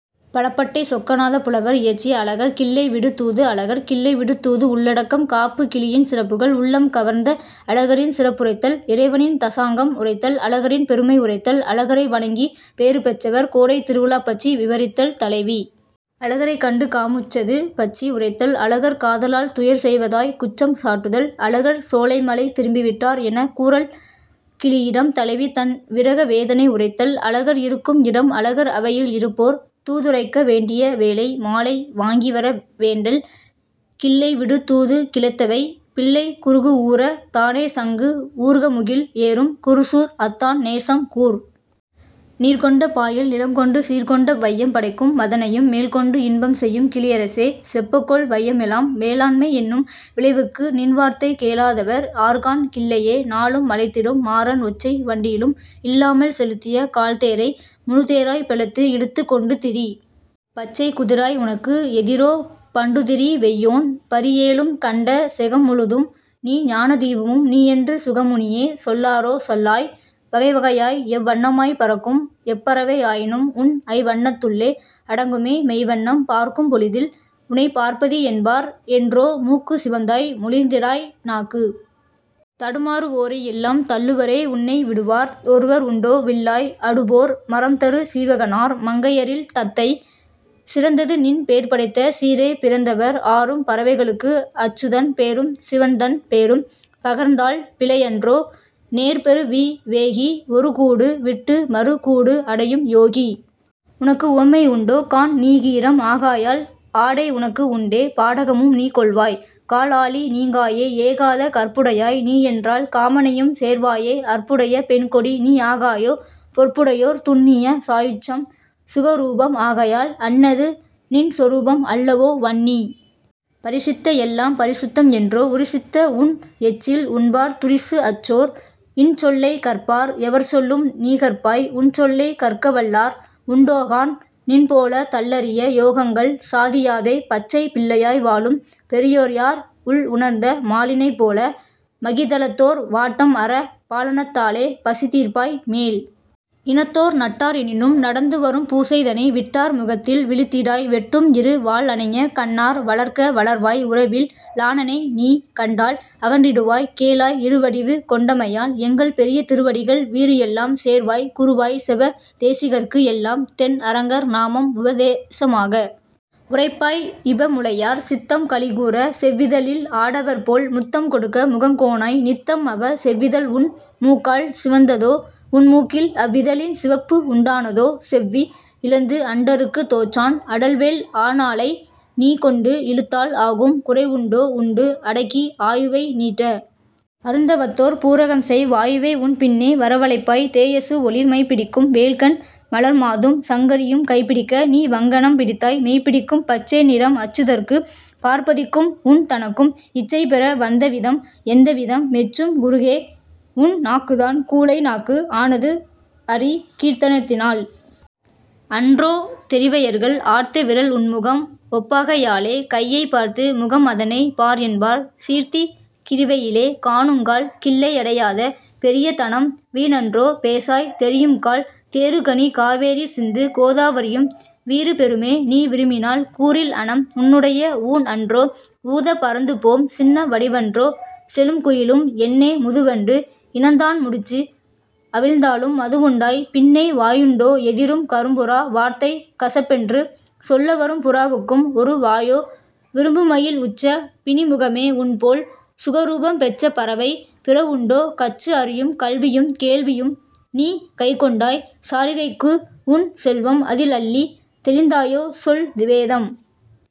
பலபட்டை சொக்கநாதப் புலவர் இயற்றிய அழகர் கிள்ளை விடு தூது அழகர் கிள்ளை விடுதூது உள்ளடக்கம் காப்பு கிளியின் சிறப்புகள் உள்ளம் கவர்ந்த அழகரின் சிறப்புரைத்தல் இறைவனின் தசாங்கம் உரைத்தல் அழகரின் பெருமை உரைத்தல் அழகரை வணங்கி பேறு பெற்றவர் கோடைத் திருவிழாபற்றி விவரித்தல் தலைவி அழகரைக் கண்டு காமுற்றது பற்றி உரைத்தல் அழகர் காதலால் துயர் செய்வதாய்க் குற்றம் சாட்டுதல் அழகர் சோலைமலை திரும்பிவிட்டார் எனக் கூறல் கிளியிடம் தலைவி தன் விரக வேதனை உரைத்தல் அழகர் இருக்கும் இடம் அழகர் அவையில் இருப்போர் தூதுரைக்க வேண்டிய வேளை மாலை வாங்கிவர வேண்டல் கிள்ளைவிடு தூது கிளத்தவே பிள்ளைக் குருகுஊரத் தானேசங்கு ஊர்கமுகில் ஏறும் குருகூர் அத்தான் நேசம் கூர். நீர்கொண்ட பாயல் நிறம்கொண்டு சீர்கொண்ட வையம் படைக்கும் மதனையும் மேல் கொண்டு இன்பம் செய்யும் கிளியரசே செப்பக்கேள் வையம்எலாம் வேளாண்மை என்னும் விளைவுக்கு நின்வார்த்தை கேளாதவர் ஆர்காண் கிள்ளையே நாளும் மலைத்திடும் மாரன் ஒற்றை வண்டிலும் இல்லாமல் செலுத்திய கால்தேரை முழுத்தேராய் பெலத்து இழுத்துக் கொண்டுதிரி பச்சைக் குதிராய் உனக்கு எதிரோ பண்டுதிரி வெய்யோன் பரிஏழும் கண்ட செகம்முழுதும் நீ ஞானதீபமும் நீ என்று சுகமுனியே சொல்லாரோ சொல்லாய் வகைவகையாய் எவ்வண்ணமாய்ப் பறக்கும் எப்பறவை ஆயினும்உன் ஐவண்ணத்துள்ளே அடங்குமே மெய்வண்ணம் பார்க்கும்பொழுதில் உனைப் பார்ப்பதி என்பார் என்றோ மூக்குச் சிவந்தாய் மொழிந்திடாய் நாக்குத் தடுமாறுவோரை எல்லாம் தள்ளுவரே உன்னை விடுவார் ஒருவர் உண்டோ விள்ளாய் அடுபோர் மறம்தரு சீவகனார் மங்கையரில் தத்தை சிறந்ததுநின் பேர்படைத்த சீரே பிறந்தவர் ஆரும் பறவைகளுக்கு அச்சுதன் பேரும் சிவன்தன் பேரும் பகர்ந்தால் பிழைஅன்றோ நேர்பெறு வி வேகி ஒருகூடு விட்டு மறு கூடுஅடையும் யோகி உனக்கு உவமை உண்டோ காண் நீகீரம் ஆகையால் ஆடை உனக்கு உண்டே பாடகமும் நீ கொள்வாய் கால்ஆழி நீங்காயே ஏகாத கற்புடையாய் நீ என்றால் காமனையும் சேர்வாயே அற்புடைய பெண்கொடி நீ ஆகாயோ பொற்புடையோர் துன்னிய சாயுச்யம் சுகரூபம் ஆகையால் அன்னது நின்சொரூபம் அல்லவோ வன்னி பரிசித்த எல்லாம் பரிசுத்தம் என்றோ உருசித்த உன்எச்சில் உண்பார் துரிசு அற்றோர் இன்சொல்லைக் கற்பார் எவர்சொல்லும் நீகற்பாய் உன்சொல்லைக் கற்கவல்லார் உண்டோகாண் நின்போலத் தள்ளரிய யோகங்கள் சாதியாதே பச்சைப் பிள்ளையாய் வாழும் பெரியோர்யார் உள்உணர்ந்த மாலினைப் போல மகிதலத்தோர் வாட்டம்அறப் பாலனத்தாலே பசி தீர்ப்பாய் மேல் இனத்தோர் நட்டார் எனினும் நடந்துவரும் பூசைதனை விட்டார் முகத்தில் விழித்திடாய் வெட்டும் இரு வாள்அனைய கண்ணார் வளர்க்க வளர்வாய் உறவில் லாளனைநீ கண்டால் அகன்றிடுவாய் கேளாய் இருவடிவு கொண்டமையால் எங்கள் பெரிய திருவடிகள் வீறுஎல்லாம் சேர்வாய் குருவாய்ச் செப தேசிகர்க்கு எல்லாம் தென்அரங்கர் நாமம் உபதேசமாக உரைப்பாய் இபமுலையார் சித்தம் களிகூரச் செவ்விதழில் ஆடவர்போல் முத்தம் கொடுக்க முகம் கோணாய் நித்தம் அவர் செவ்விதழ்உன் மூக்கால் சிவந்ததோ உன்மூக்கில் அவ்விதழின் சிவப்பு உண்டானதோ செவ்வி இழந்து அண்டருக்குத் தோற்றான் அடல்வேள் ஆநானைநீ கொண்டு இழுத்தால் ஆகும் குறைஉண்டோ உண்டு அடக்கி ஆயுவை நீட்ட அருந்தவத்தோர் பூரகம்செய் வாயுவைஉன் பின்னே வரவழைப்பாய் தேயசு ஒளிர் மைப்பிடிக்கும் வேல்கண் மலர்மாதும் சங்கரியும் கைப்பிடிக்க நீ வங்கணம் பிடித்தாய் மெய்ப்பிடிக்கும் பச்சை நிறம் அச்சுதற்கும் பார்ப்பதிக்கும் உன்தனக்கும் இச்சைபெற வந்தவிதம் எந்தவிதம் மெச்சும் குருகே உன் நாக்குத்தான் கூழை நாக்கு ஆனது அரி கீர்த்தனத்தினால் அன்றோ தெரிவையர்கள் ஆர்த்த விரல் உன்முகம் ஒப்பாகையாலே கையைப் பார்த்து முகம்அதனைப் பார்என்பார் சீர்த்திக் கிரியையிலே காணுங்கால் கிள்ளை அடையாத பெரியதனம் வீண்அன்றோ பேசாய் தெரியும்கால் தேறுகனி காவேரி சிந்து கோதாவிரியும் வீறுபெறுமே நீ விரும்பினால் கூறில் அனம் உன்னுடைய ஊண்அன்றோ ஊதப் பறந்துபோம் சின்ன வடிவன்றோ செழும்குயிலும் என்னே முதுவண்டு இனந்தான் முடிச்சு அவிழ்த்தாலும் மதுஉண்டாய் பின்னை வாயுண்டோ எதிரும் கரும்புறா வார்த்தை கசப்பென்று சொல்ல வரும் புறாவுக்கும் ஒரு வாயோ விரும்புமயில் உற்ற பிணிமுகமே உன்போல் சுகரூபம் பெற்ற பறவை பிறவுண்டோ கற்று அறியும் கல்வியும் கேள்வியும் நீ கைக்கொண்டாய் சாரிகைக்குஉன் செல்வம் அதில் அள்ளித் தௌித்தாயோ சொல் வேதம்।